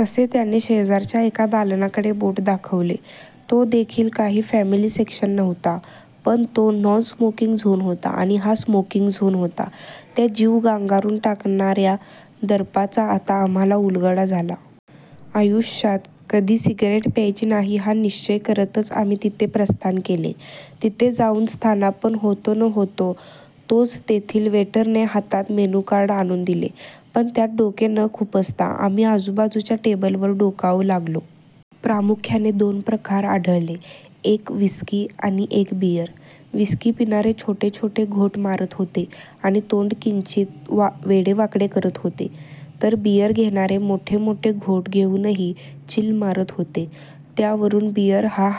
तसे त्याने शेजारच्या एका दालनाकडे बोट दाखवले. तो देखील काही फॅमिली सेक्शन नव्हता. पण तो नॉन स्मोकिंग झोन होता आणि हा स्मोकिंग झोन होता. त्या जीव गांगरून टाकणार्या दर्पाचा आता आम्हाला उलगडा झाला. आयुष्यात कधी सिगारेट प्यायची नाही हा निश्चय करतच आम्ही तिथे प्रस्थान केले. तिथे जाऊन स्थानापन्न होतो न होतो तोच तेथील वेटरने हातात मेनूकार्ड आणून दिले. पण त्यात डोके न खुपसता आम्ही आजूबाजुच्या टेबलवर डोकावू लागलो. प्रामुख्याने दोन प्रकार आढळले. एक व्हिस्की आणि एक बीअर. व्हिस्की पिणारे छोटे छोटे घोट मारत होते आणि तोंड किंचित वेडेवाकडे करत होते. तर बीअर घेणारे मोठमोठे घोट घेऊनही चिल्ल मारत होते. त्यावरून बीअर हा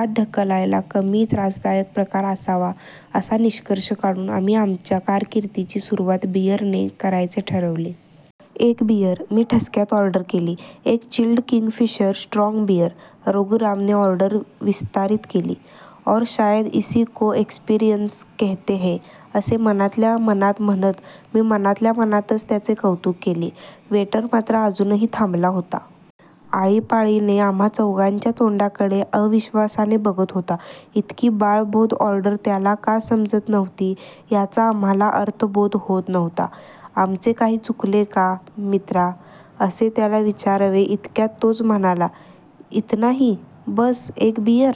आत ढकलायला कमी त्रासदायक प्रकार असावा असा निष्कर्श काढून आम्ही आमच्या कारकिर्दीची सुरुवात बीअरने करायचे ठरवले. एक बीअर! मी ठसक्यात ऑर्डर केली. एक चिल्लड् किंगफिशर स्ट्रॉंग बीअर! रघुरामने ऑर्डर विस्तारीत केली. और शायद ईसी को एक्सपिरंन्स कहते है, असे मनातल्या मनात म्हणत मी मनातल्या मनातच त्याचे कौतुक केले. वेटर मात्र अजूनही थांबला होता. आळीपाळीने आम्हा चौघांच्या तोंडाकडे अविश्वासाने बघत होता. ईतकी बाळबोध ऑर्डर त्याला का समजत नव्हती याचा आम्हाला अर्थबोध होत नव्हता. आमचे काही चुकले का मित्रा, असे त्याला विचारावे ईतक्यात तोच म्हणाला, ईतनाही?? बस्स एक बीअर..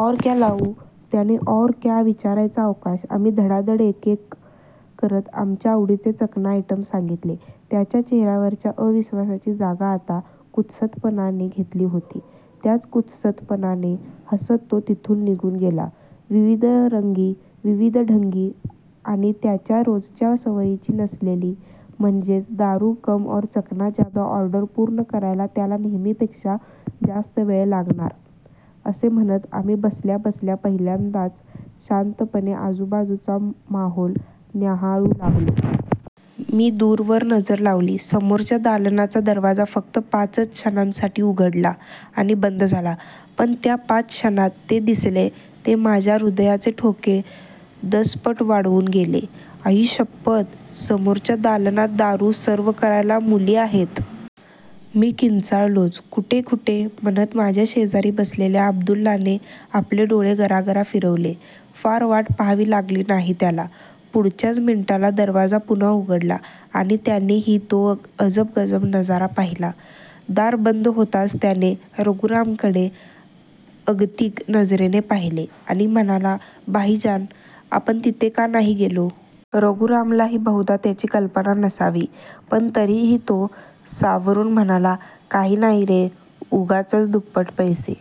और क्या लाऊ? त्याने और क्या विचारायचा अवकाश, आम्ही धडाधड एकेक करत आमच्या आवडीचे चखना आयटम सांगितले.. त्याच्या चेहर्यावरच्या अविश्वासाची जागा आता कुत्सितपणाने घेतली होती. त्याच कुत्सितपणाने हसत तो तिथून निघून गेला. विविधरंगी, विविधढंगी, आणि त्याच्या रोजच्या सवयीची नसलेली, म्हणजेच 'दारू कम और चखना ज्यादा' ऑर्डर पुर्ण करायला त्याला नेहमीपेक्षा जास्त वेळ लागणार असे म्हणत आम्ही बसल्याबसल्या, पहिल्यांदाच शांतपणे आजूबाजुचा माहौल न्याहाळू लागलो. मी दूरवर नजर लावली. समोरच्या दालनाचा दरवाजा फक्त पाचच क्षणांसाठी उघडला. आणि बंद झाला. पण त्या पाच क्षणांत जे दिसले ते माझ्या हृदयाचे ठोके दसपट वाढवून गेले. आईशप्पथ! समोरच्या दालनात दारू सर्व्ह करायला मुली आहेत.. मी किंचाळलोच. कुठे कुठे, म्हणत माझ्या शेजारी बसलेल्या अब्दुल्लाने आपले डोळे गरागरा फिरवले. फार वाट पहावी लागली नाही त्याला. पुढच्याच मिनिटाला दरवाजा पुन्हा उघडला आणि त्यानेही तो अजब गजब नजारा पाहिला. दार बंद होताच त्याने रघुरामकडे अगतिक नजरेने पाहिले आणि म्हणाला, "भाईजान, आपण तिथे का नाही गेलो? "रघुरामलाही बहुधा याची कल्पना नसावी. पण तरीही तो सावरून म्हणाला, "काही नाही रे, उगाचच दुप्पट पैसे